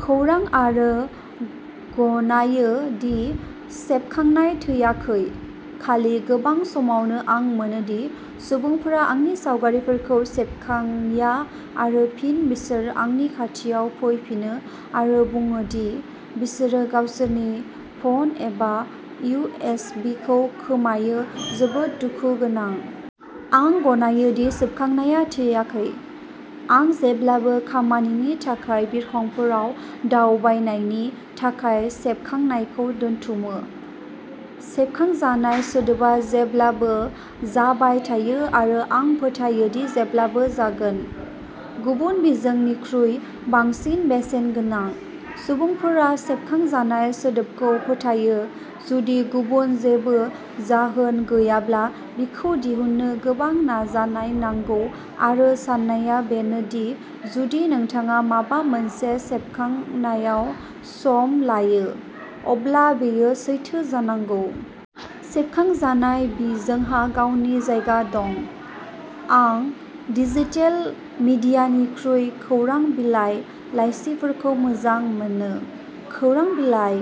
खौरां आं गनायो दि सेबखांनाया थैयाखै, खालि गोबां समावनो आं मोनो दि सुबुंफोरा आंनि सावगारिफोरखौ सेबखांया आरो फिन बिसोर आंनि खाथियाव फैफिनो आरो बुङो दि बिसोरो गावसोरनि फ'न एबा इउ एस बि खौ खोमायो जोबोद दुखु गोनां। आं गनायो दि सेबखांनाया थैयाखै। आं जेब्लाबो खामानिनि थाखाय बिरखंफोराव दावबायनायनि थाखाय सेबखांनायखौ दोनथुमो। सेबखांजानाय सोदोबा जेब्लाबो जाबाय थायो आरो आं फोथायो दि जेब्लाबो जागोन, गुबुन बिजोंफोरनिख्रुइ बांसिन बेसेनगोनां। सुबुंफोरा सेबखांजानाय सोदोबखौ फोथायो जुदि गुबुन जेबो जाहोन गैयाब्ला बेखौ दिहुन्नो गोबां नाजानाय नांगौ आरो साननाया बेनो दि जुदि नोंथाङा माबा मोनसे सेबखांनायाव सम लायो, अब्ला बेयो सैथो जानांगौ। सेबखांजानाय बिजोंहा गावनि जायगा दं। आं डिजिटेल मिडियानिख्रुइ खौरां बिलाइ, लाइसिफोरखौ मोजां मोनो। खौरां बिलाइ,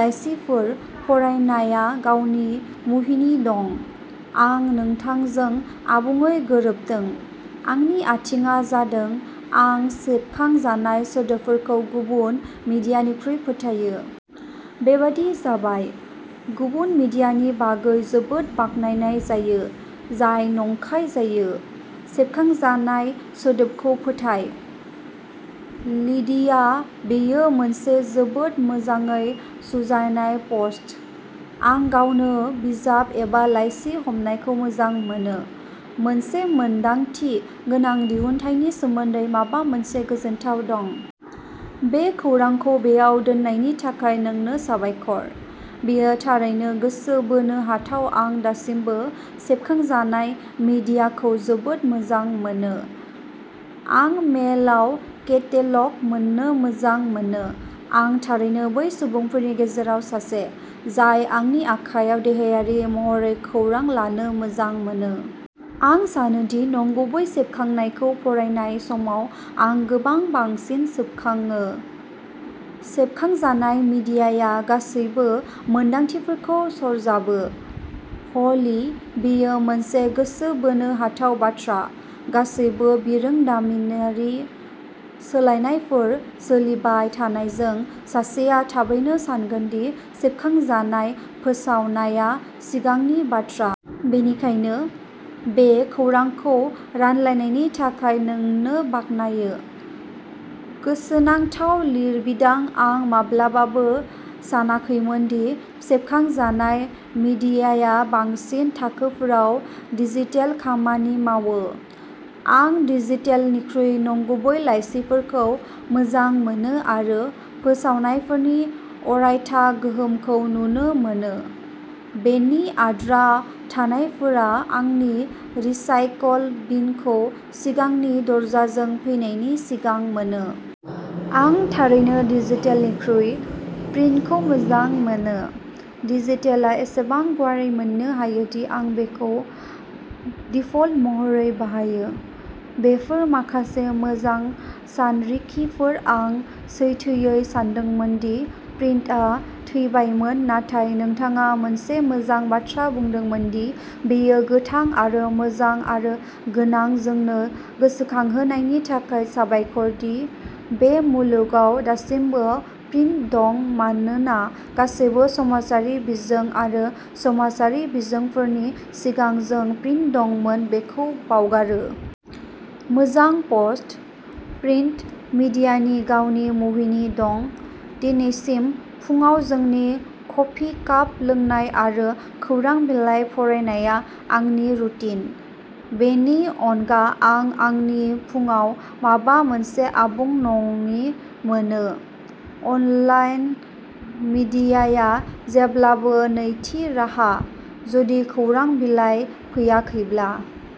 लाइसिफोर फरायनाया गावनि मुहिनि दं। आं नोंथांजों आबुङै गोरोबदों, आंनि ओंथिया जादों आं सेबखांजानाय सोदोबफोरखौ गुबुन मिडियानिख्रुइ फोथायो। बेबादि जाबाय। गुबुन मिडियानि बागै जोबोद बाख्नायनाय जायो, जाय नंखाय जायो। सेबखांजानाय सोदोबखौ फोथाय, लिडिया बेयो मोनसे जोबोद मोजाङै सुजुनाय पस्ट। आं गावनो बिजाब एबा लाइसि हमनायखौ मोजां मोनो, मोनसे मोनदांथि गोनां दिहुनथायनि सोमोन्दै माबा मोनसे गोजोनथाव दं। बे खौरांखौ बेयाव दोननायनि थाखाय नोंनो साबायखर। बेयो थारैनो गोसो बोनो हाथाव आं दासिमबो सेबखांजानाय मिडियाखौ जोबोद मोजां मोनो। आं मेलआव केटेल'ग मोन्नो मोजां मोनो। आं थारैनो बै सुबुंफोरनि गेजेराव सासे, जाय आंनि आखायाव देहायारि महरै खौरां लानो मोजां मोनो। आं सानो दि नंगुबै सेबखांनायखौ फरायनाय समाव आं गोबां बांसिन सोबखांयो। सेबखांजानाय मिडियाया गासैबो मोनदांथिफोरखौ सरजाबो, ह'ली बेयो मोनसे गोसो बोनो हाथाव बाथ्रा। गासैबो बिरोंदामिनारि सोलायनायफोर सोलिबाय थानायजों सासेया थाबैनो सानगोन दि सेबखांजानाय फोसावनाया सिगांनि बाथ्रा। बेनिखायनो, बे खौरांखौ रानलायनायनि थाखाय नोंनो बाख्नायो। गोसोनांथाव लिरबिदां आं माब्लाबाबो सानाखैमोनदि सेबखांजानाय मीडियाया बांसिन थाखोफोराव डिजिटेल खामानि मावो। आं डिजिटेलनिख्रुइ नंगुबै लाइसिफोरखौ मोजां मोनो आरो फोसावनायफोरनि अरायथा गोहोमखौ नुनो मोनो, बेनि आद्रा थानायफोरा आंनि रिसाइकल बिनखौ सिगांनि दरजाजों फैनायनि सिगां मोनो। आं थारैनो डिजिटेलनिख्रुइ प्रिन्टखौ मोजां मोनो। डिजिटेलआ एसेबां गुवारै मोननो हायो दि आं बेखौ दिफल्ट महरै बाहायो। बेफोर माखासे मोजां सानरिखिफोर आं सैथोयै सानदोंमोन दि प्रिन्टआ थैबायमोन नाथाय नोंथाङा मोनसे मोजां बाथ्रा बुंदोंमोन दि बेयो गोथां आरो मोजां आरो गोनां जोंनो गोसोखांहोनायनि थाखाय साबायखर दि बे मुलुगाव दासिमबो प्रिन्ट दं मानोना गासैबो समाजारि बिजों आरो समाजारि बिजोंफोरनि सिगां जों प्रिन्ट दंमोन बेखौ बावगारो। मोजां पस्ट। प्रिन्ट मिडियानि गावनि मुहिनि दं, दिनैसिम फुंआव जोंनि कफि काप लोंनाय आरो खौरां बिलाइ फरायनाया आंनि रुटिन, बेनि अनगा आं आंनि फुंआव माबा मोनसे आबुं नङि मोनो। अनलाइन मीडियाया जेब्लाबो नैथि राहा, जुदि खौरां बिलाइ फैयाखैब्ला।